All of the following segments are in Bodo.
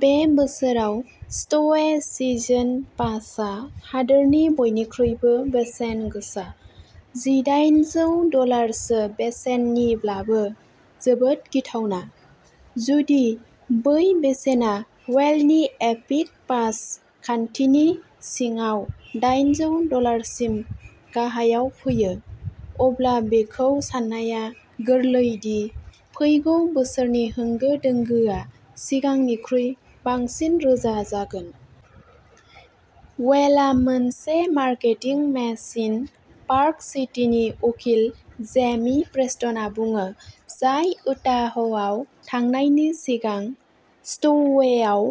बे बोसोराव स्ट'वे सिजन पासआ हादोरनि बयनिख्रुइबो बेसेनगोसा, जिदायेनजौ डलारसो बेसेननिब्लाबो जोबोद गिथावना। जुदि बै बेसेना वेलनि एपिक पास खान्थिनि सिङाव दायेनजौ डलारसिम गाहायाव फैयो, अब्ला बेखौ साननाया गोरलै दि फैगौ बोसोरनि होंगो दोंगोआ सिगांनिख्रुइ बांसिन रोजा जागोन। वेलआ मोनसे मार्केटिं मेसिन पार्क सिटीनि उखिल जेमी प्रेस्टनआ बुङो, जाय उटाहआव थांनायनि सिगां स्ट'वेआव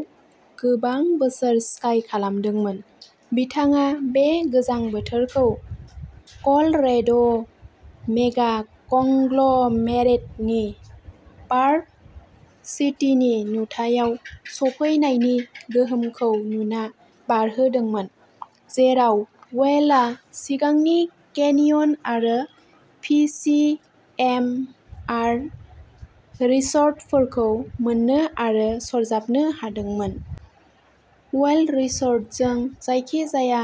गोबां बोसोर स्काइ खालामदोंमोन। बिथाङा बे गोजां बोथोरखौ कलरेड' मेगा-कंग्ल'मेरेटनि पार्क सिटीनि नुथायाव सफैनायनि गोहोमखौ नुना बारहोदोंमोन, जेराव वेलआ सिगांनि केनियन आरो फि सि एम आर रिसर्टफोरखौ मोननो आरो सरजाबनो हादोंमोन। वेल रिसर्टजों जायखिजाया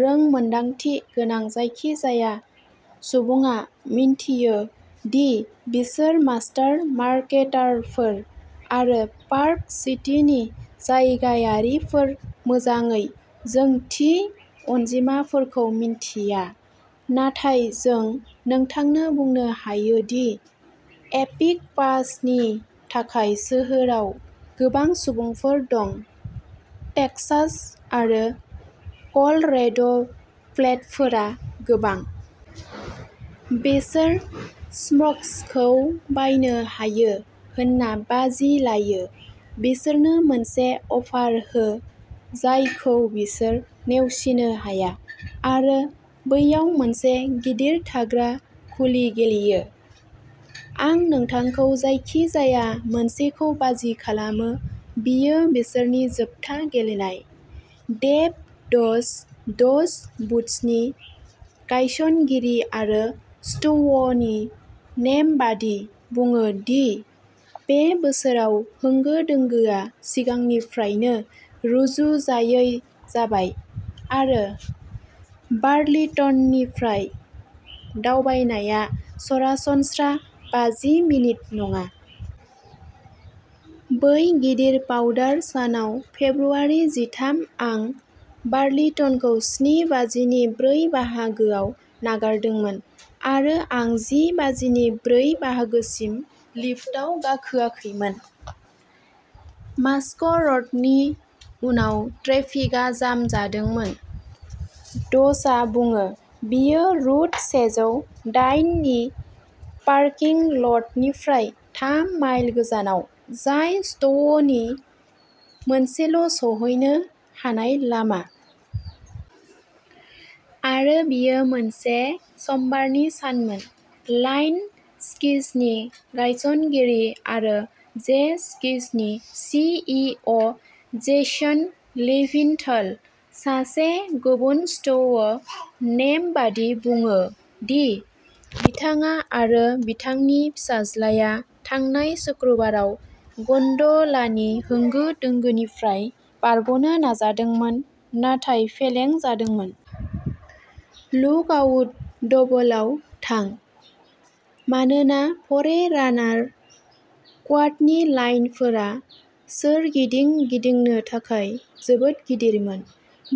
रोंमोनदांथि गोनां जायखिजाया सुबुङा मिन्थियो दि बिसोर मास्टार मार्केटारफोर, आरो पार्क सिटीनि जायगायारिफोर मोजाङै, जों थि अनजिमाफोरखौ मिन्थिया, नाथाय जों नोंथांनो बुंनो हायो दि एपिक पासनि थाखाय सोहोराव गोबां सुबुंफोर दं, टेक्सास आरो कलरेड'प्लेटफोरा गोबां। बिसोर स्मग्सखौ बायनो हायो होनना बाजि लायो बिसोरनो मोनसे अफार हो जायखौ बिसोर नेवसिनो हाया आरो बैयाव मोनसे गिदिर थाग्रा खुलि गेलेयो। आं नोंथांखौ जायखिजाया मोनसेखौ बाजि खालामो, बेयो बिसोरनि जोबथा गेलेनाय। डेभ डज, डज बुटसनि गायसनगिरि आरो स्ट'वनि नेमबादि, बुङो दि बे बोसोराव होंगो दोंगोआ सिगांनिफ्रायनो रुजुजायै जाबाय, आरो बार्लिंटननिफ्राय दावबायनाया सरासनस्रा बाजि मिनिट नङा। बै गिदिर पाउडार सानाव फेब्रुआरि जिथाम आं बार्लिंटनखौ स्नि बाजिनि ब्रै बाहागोयाव नागारदोंमोन आरो आं जि बाजिनि ब्रै बाहागोसिम लिफ्टआव गाखोआखैमोन। मस्क'र'डनि उनाव ट्रेफिकआ जाम जादोंमोन डजआ बुङो। बेयो रुट सेजौ दायेन नि पार्किं ल'टनिफ्राय थाम माइल गोजानाव, जाय स्ट'वनि मोनसेल' सौहैनो हानाय लामा। आरो बेयो मोनसे समबारनि सानमोन। लाइन स्किसनि गायसनगिरि आरो जे स्किसनि C E O Jason Levinthal, सासे गुबुन स्ट'व नेमबादि, बुङो दि बिथाङा आरो बिथांनि फिसाज्लाया थांनाय सुक्रुबाराव गन्ड'लानि होंगो दोंगोनिफ्राय बारग'नो नाजादोंमोन, नाथाय फेलें जादोंमोन। लुकआउट डबलआव थां, मानोना फरेरानार क्वाडनि लाइनफोरा सोरगिदिं गिदिंनो थाखाय जोबोद गिदिरमोन।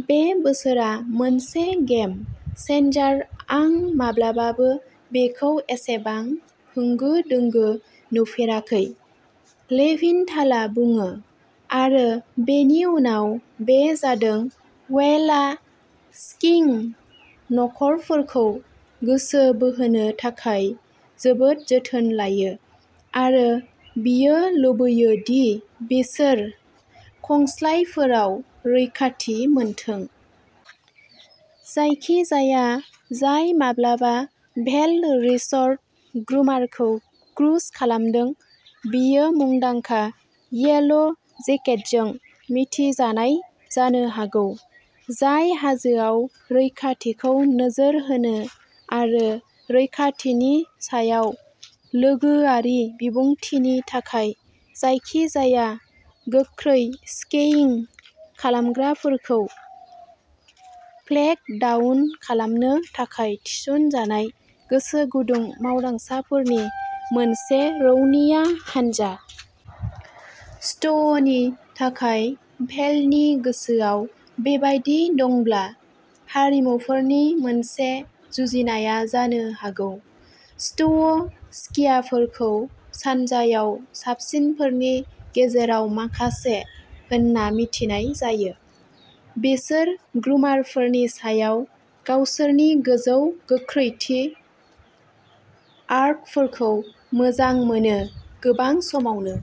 बे बोसोरआ मोनसे गेम चेन्जार आं माब्लाबाबो बेखौ एसेबां होंगो दोंगो नुफेराखै लेभिनथालआ बुङो। आरो बेनि उनाव बे जादों वेलआ स्कीइं नखरफोरखौ गोसो बोहोनो थाखाय जोबोद जोथोन लायो, आरो बियो लुबैयो दि बिसोर खंस्लायफोराव रैखाथि मोनथों। जायखिजाया जाय माब्लाबा भेल रिसर्ट ग्रुमारखौ क्रुज खालामदों, बियो मुंदांखा येल' जेकेटजों मिथिजानाय जानो हागौ, जाय हाजोआव रैखाथिखौ नोजोर होनो आरो रैखाथिनि सायाव लोगोआरि बिबुंथिनि थाखाय जायखिजाया गोख्रै स्कीइं खालामग्राफोरखौ फ्लेग डाउन खालामनो थाखाय थिसनजानाय गोसोगुदुं मावदांसाफोरनि मोनसे रौनिया हानजा। स्ट'वनि थाखाय भेलनि गोसोआव बेबादि दंब्ला, हारिमुफोरनि मोनसे जुजिनाया जानो हागौ। स्ट'व स्कियारफोरखौ सानजायाव साबसिनफोरनि गेजेराव माखासे होनना मिथिनाय जायो। बिसोर ग्रुमारफोरनि सायाव गावसोरनि गोजौ गोख्रैथि आर्कफोरखौ मोजां मोनो गोबां समावनो।